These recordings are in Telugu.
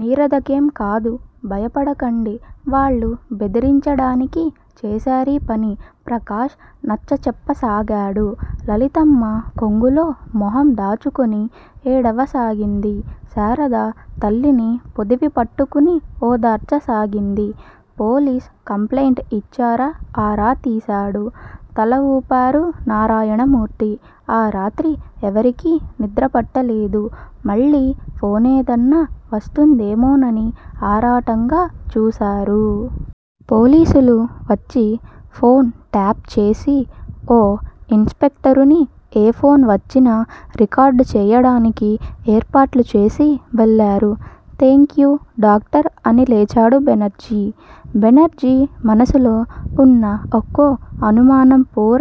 నీరదకేం కాదు భయపడకండి వాళ్లు బెదిరించడానికి చేశారీపని ప్రకాష్ నచ్చచెప్పసాగాడు. లలితమ్మ కొంగులో మొహం దాచుకుని ఏడవసాగింది. శారద తల్లిని పొదివిపట్టుకుని ఓదార్చసాగింది. పోలీస్ కంప్లయింట్ ఇచ్చారా ఆరా తీశాడు. తలవూపారు నారాయణమూర్తి. ఆ రాత్రి ఎవరికీ నిద్రపట్టలేదు. మళ్ళీ ఫోనేదన్నా వస్తుందేమోనని ఆరాటంగా చూశారు. పోలీసులు వచ్చి ఫోన్ ట్యాప్ చేసి ఓ ఇన్ స్పెక్టరుని ఏ ఫోన్ వచ్చినా రికార్డు చెయ్యడానికి ఏర్పాట్లు చేసి వెళ్ళారు. థేంక్యూ డాక్టర్ అని లేచాడు బెనర్జీ. బెనర్జీ మనసులో వున్న ఒక్కో అనుమానంపోర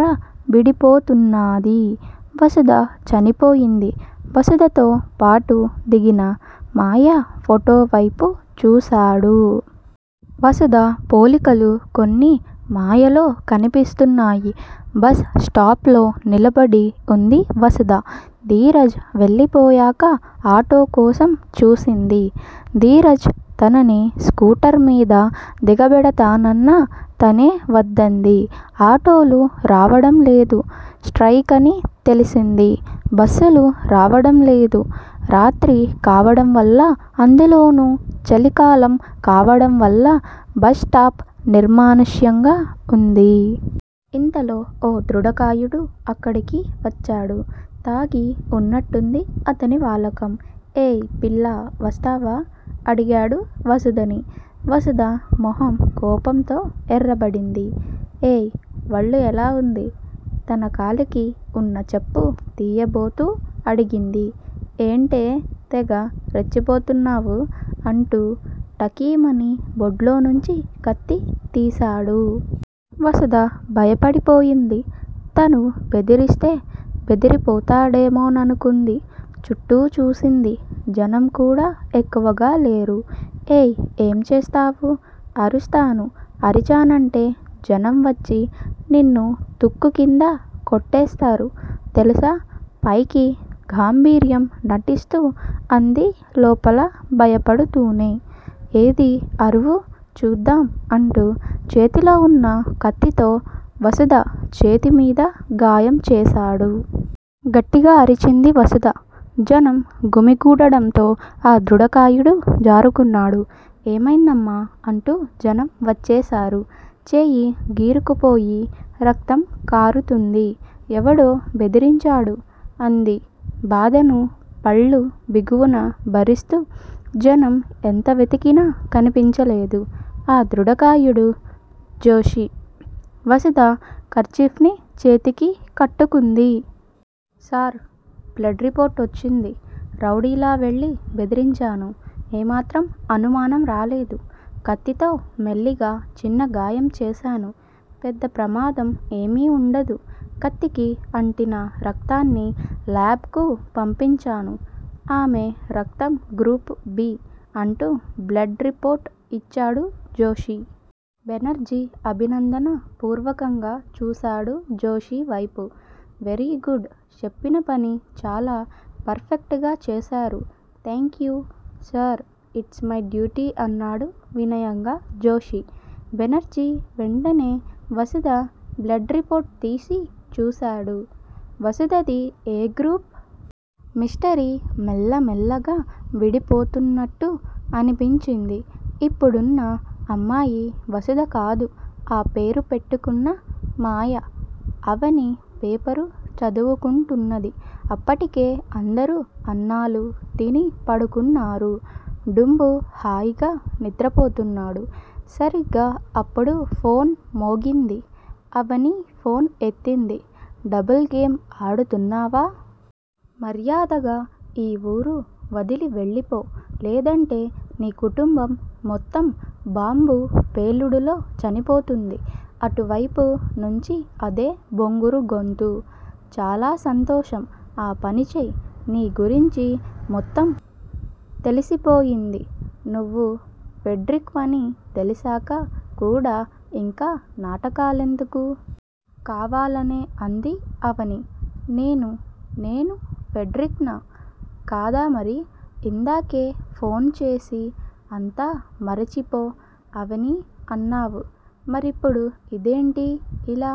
విడిపోతున్నాది. వసుధ చనిపోయింది. వసుధతో పాటు దిగిన మాయ ఫోటో వైపు చూసాడు. వసుధ పోలికలు కొన్ని మాయలో కనిపిస్తున్నాయి. బస్ స్టాప్ లో నిలబడి వుంది వసుధ. ధీరజ్ వెళ్ళిపోయాక, ఆటో కోసం చూసింది. ధీరజ్ తనని స్కూటర్ మిద దిగబెడతానన్నా తనే వద్దంది. ఆటోలు రావడంలేదు. స్ట్రయికని తెలిసింది. బస్సులు రావడం లేదు. రాత్రి కావడం వల్ల, అందులోనూ చలికాలం కావడంవల్ల బస్టాప్ నిర్మానుష్యంగా వుంది. ఇంతలో ఓ దృఢకాయుడు అక్కడికి వచ్చాడు. తాగి వున్నట్టుంది అతని వాలకం. ఏయ్ పిల్లా వస్తావా? అడిగాడు వసుధని. వసుధ మొహం కోపంతో ఎర్రబడింది. ఏయ్ వళ్ళు ఎలా వుంది? తన కాలికి వున్న చెప్పు తియబోతూ అడిగింది. ఏంటే తెగ రెచ్చిపోతున్నావు? అంటూ ఠకీమని బొడ్లో నుంచి కత్తి తీసాడు. వసుధ భయపడిపోయింది. తను బెదిరిస్తే బెదిరిపోతాడేమోననుకుంది. చుట్టూ చూసింది. జనం కూడా ఎక్కువగా లేరు. ఏయ్ ఏం చేస్తావు? అరుస్తాను అరిచానంటే జనం వచ్చి నిన్ను తుక్కు కింద కొట్టేస్తారు తెలుసా పైకి గాంభీర్యం నటిస్తూ అంది లోపల భయపడుతూనే. ఏదీ అరువు చూద్దాం అంటూ చేతిలో వున్న కత్తితో వసుధ చేతి మీద గాయం చేసాడు. గట్టిగా అరిచింది వసుధ. జనం గుమిగూడడంతో ఆ దృఢకాయుడు జారుకున్నాడు. ఏమైందమ్మా అంటూ జనం వచ్చేసారు. చేయి గీరుకుపోయి రక్తం కారుతుంది. ఎవడో బెదిరించాడు అంది బాధను పళ్ళు బిగువున భరిస్తూ జనం ఎంత వెతికినా కనిపించలేదు. ఆ దృఢకాయుడు- జోషి. వసుధ, కర్చీఫ్ ని చేతికి కట్టుకుంది. సార్ బ్లడ్ రిపోర్ట్ వచ్చింది. రౌడీలా వెళ్ళి బెదిరించాను. ఏ మాత్రం అనుమానం రాలేదు. కత్తితో మెల్లిగా చిన్న గాయం చేసాను పెద్ద ప్రమాదం ఏమీ వుండదు. కత్తికి అంటిన రక్తాన్ని లాబ్ కు పంపించాను. ఆమె రక్తం గ్రూప్ 'బి'. అంటూ బ్లడ్ రిపోర్ట్ ఇచ్చాడు జోషి. బెనర్జీ అభినందన పూర్వకంగా చూసాడు జోషివైపు. వెరీ గుడ్ చెప్పిన పని చాలా పర్ ఫెక్ట్ గా చేసారు. Thank you sir it's my duty అన్నాడు వినయంగా జోషి. బెనర్జీ వెంటనే వసుధ బ్లడ్ రిపోర్ట్ తీసి చూసాడు. వసుధ ది 'ఏ' గ్రూప్. మిస్టరీ మెల్ల మెల్లగా విడిపోతున్నట్టు అనిపించింది. ఇప్పుడున్న అమ్మాయి వసుధ కాదు. ఆ పేరు పెట్టుకున్న మాయ. అవని పేపరు చదువుకుంటున్నది. అప్పటికే అందరూ అన్నాలు తిని పడుకున్నారు, డుంబు హాయిగా నిద్రపోతున్నాడు. సరిగ్గా అప్పుడు ఫోన్ మోగింది. అవని ఫోన్ ఎత్తింది. డబుల్ గేమ్ ఆడుతున్నావా? మర్యాదగా ఈ ఊరు వదిలి వెళ్ళిపో లేదంటే నీ కుటుంబం మొత్తం బాంబు పేలుడులో చనిపోతుంది అటువైపు నుంచి అదే బొంగురు గొంతు. చాలా సంతోషం ఆ పని చెయ్ నీ గురించి మొత్తం తెలిసిపోయింది. నువ్వు ఫెడ్రిక్ వని తెలిసాక కూడా ఇంకా నాటకాలెందుకు? కావాలనే అంది అవని. నేను నేను ఫెడ్రిక్ నా? కాదా మరి ఇందాకే ఫోన్ చేసి అంతా మరిచిపో అవనీ అన్నావు మరిప్పుడు ఇదేంటి? ఇలా